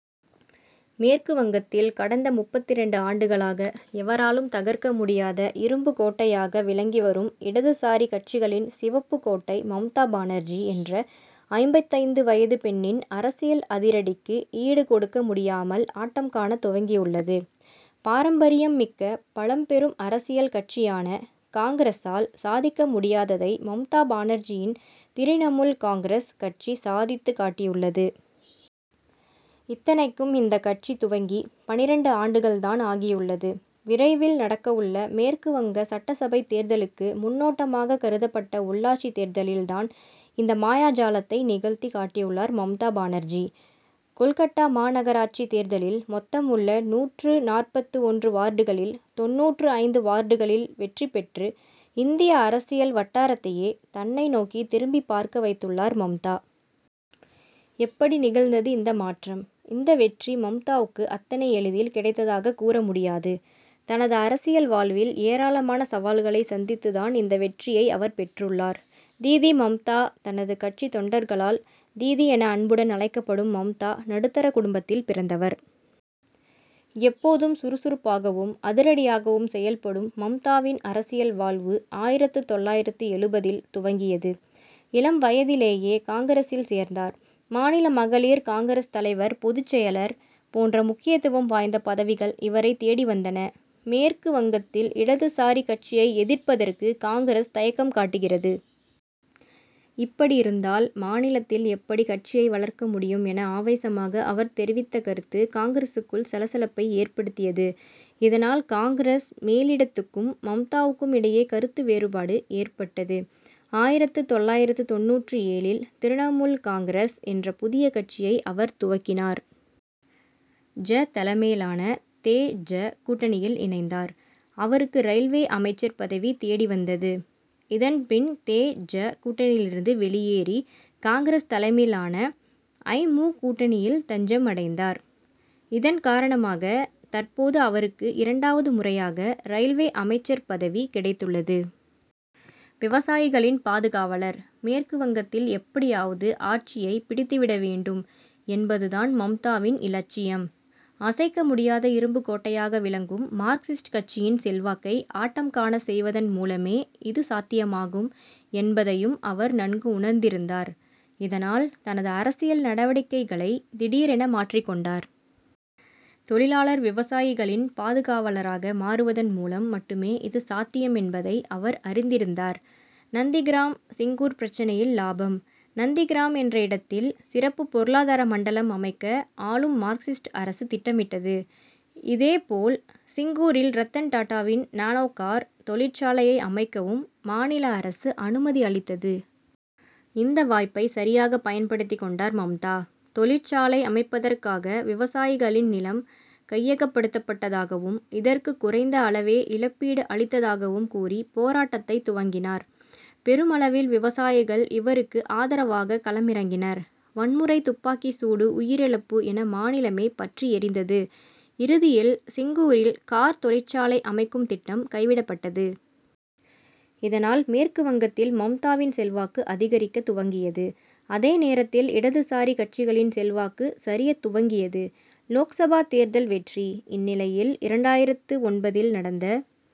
மேற்கு வங்கத்தில் கடந்த முப்பத்திரண்டு ஆண்டுகளாக எவராலும் தகர்க்க முடியாத இரும்புக் கோட்டையாக விளங்கி வரும் இடதுசாரி கட்சிகளின் சிவப்பு கோட்டை மம்தா பானர்ஜி என்ற ஐம்பத்தைந்து வயது பெண்ணின் அரசியல் அதிரடிக்கு ஈடுகொடுக்க முடியாமல் ஆட்டம் காணத் துவங்கியுள்ளது. பாரம்பரியம் மிக்க பழம்பெரும் அரசியல் கட்சியான காங்கிரசால் சாதிக்க முடியாததை மம்தா பானர்ஜியின் திரிணமுல் காங்கிரஸ் கட்சி சாதித்துக் காட்டியுள்ளது. இத்தனைக்கும் இந்த கட்சி துவங்கி பன்னிரண்டு ஆண்டுகள் தான் ஆகியுள்ளது. விரைவில் நடக்கவுள்ள மேற்கு வங்க சட்டசபை தேர்தலுக்கு முன்னோட்டமாக கருதப்பட்ட உள்ளாட்சி தேர்தலில் தான் இந்த மாயாஜாலத்தை நிகழ்த்திக் காட்டியுள்ளார் மம்தா பானர்ஜி. கோல்கட்டா மாநகராட்சி தேர்தலில் மொத்தம் உள்ள நூற்று நாற்பத்து ஒன்று வார்டுகளில் தொண்ணூற்று ஐந்து வார்டுகளில் வெற்றி பெற்று இந்திய அரசியல் வட்டாரத்தையே தன்னை நோக்கி திரும்பி பார்க்க வைத்துள்ளார் மம்தா. எப்படி நிகழ்ந்தது இந்த மாற்றம் இந்த வெற்றி மம்தாவுக்கு அத்தனை எளிதில் கிடைத்ததாக கூற முடியாது. தனது அரசியல் வாழ்வில் ஏராளமான சவால்களை சந்தித்து தான் இந்த வெற்றியை அவர் பெற்றுள்ளார். தீதி மம்தா தனது கட்சித் தொண்டர்களால் தீதி என அன்புடன் அழைக்கப்படும் மம்தா நடுத்தர குடும்பத்தில் பிறந்தவர். எப்போதும் சுறுசுறுப்பாகவும் அதிரடியாகவும் செயல்படும் மம்தாவின் அரசியல் வாழ்வு ஆயிரத்து தொள்ளாயிரத்து எழுபதில் துவங்கியது. இளம் வயதிலேயே காங்கிரசில் சேர்ந்தார். மாநில மகளிர் காங்கிரஸ் தலைவர் பொதுச்செயலர் போன்ற முக்கியத்துவம் வாய்ந்த பதவிகள் இவரைத் தேடி வந்தன. மேற்கு வங்கத்தில் இடதுசாரி கட்சியை எதிர்ப்பதற்கு காங்கிரஸ் தயக்கம் காட்டுகிறது. இப்படி இருந்தால் மாநிலத்தில் எப்படி கட்சியை வளர்க்க முடியும் என ஆவேசமாக அவர் தெரிவித்த கருத்து காங்கிரசுக்குள் சல சலப்பை ஏற்படுத்தியது. இதனால் காங்கிரஸ் மேலிடத்துக்கும் மம்தாவுக்கும் இடையே கருத்து வேறுபாடு ஏற்பட்டது. ஆயிரத்து தொள்ளாயிரத்து தொண்ணூற்று ஏழில் திரிணமுல் காங்கிரஸ் என்ற புதிய கட்சியை அவர் துவக்கினார். ஜ. தலைமையிலான தே. ஜ. கூட்டணியில் இணைந்தார். அவருக்கு ரயில்வே அமைச்சர் பதவி தேடி வந்தது. இதன் பின் தே. ஜ. கூட்டணியிலிருந்து வெளியேறி காங்கிரஸ் தலைமையிலான ஐ. மு. கூட்டணியில் தஞ்சம் அடைந்தார். இதன் காரணமாக தற்போது அவருக்கு இரண்டாவது முறையாக ரயில்வே அமைச்சர் பதவி கிடைத்துள்ளது. விவசாயிகளின் பாதுகாவலர் மேற்கு வங்கத்தில் எப்படியாவது ஆட்சியை பிடித்து விட வேண்டும் என்பது தான் மம்தாவின் இலட்சியம். அசைக்க முடியாத இரும்புக் கோட்டையாக விளங்கும் மார்க்சிஸ்ட் கட்சியின் செல்வாக்கை ஆட்டம் காணச் செய்வதன் மூலமே இது சாத்தியமாகும் என்பதையும் அவர் நன்கு உணர்ந்திருந்தார். இதனால் தனது அரசியல் நடவடிக்கைகளை திடீரென மாற்றிக் கொண்டார். தொழிலாளர் விவசாயிகளின் பாதுகாவலராக மாறுவதன் மூலம் மட்டுமே இது சாத்தியம் என்பதை அவர் அறிந்திருந்தார். நந்திகிராம் சிங்கூர் பிரச்னையில் லாபம்: நந்திகிராம் என்ற இடத்தில் சிறப்பு பொருளாதார மண்டலம் அமைக்க ஆளும் மார்க்சிஸ்ட் அரசு திட்டமிட்டது. இதேபோல் சிங்கூரில் ரத்தன் டாடாவின் நானோ கார் தொழிற்சாலையை அமைக்கவும் மாநில அரசு அனுமதி அளித்தது. இந்த வாய்ப்பை சரியாக பயன்படுத்தி கொண்டார் மம்தா. தொழிற்சாலை அமைப்பதற்காக விவசாயிகளின் நிலம் கையகப்படுத்தப்பட்டதாகவும் இதற்கு குறைந்த அளவே இழப்பீடு அளித்ததாகவும் கூறி போராட்டத்தை துவக்கினார். பெருமளவில் விவசாயிகள் இவருக்கு ஆதரவாக களமிறங்கினர். வன்முறை துப்பாக்கி சூடு உயிரிழப்பு என மாநிலமே பற்றி எரிந்தது. இறுதியில் சிங்கூரில் கார் தொழிற்சாலை அமைக்கும் திட்டம் கைவிடப்பட்டது. இதனால் மேற்கு வங்கத்தில் மம்தாவின் செல்வாக்கு அதிகரிக்க துவங்கியது. அதே நேரத்தில் இடதுசாரி கட்சிகளின் செல்வாக்கு சரியத் துவங்கியது. லோக்சபா தேர்தல் வெற்றி இந்நிலையில் இரண்டாயிரத்து ஒன்பதில் நடந்த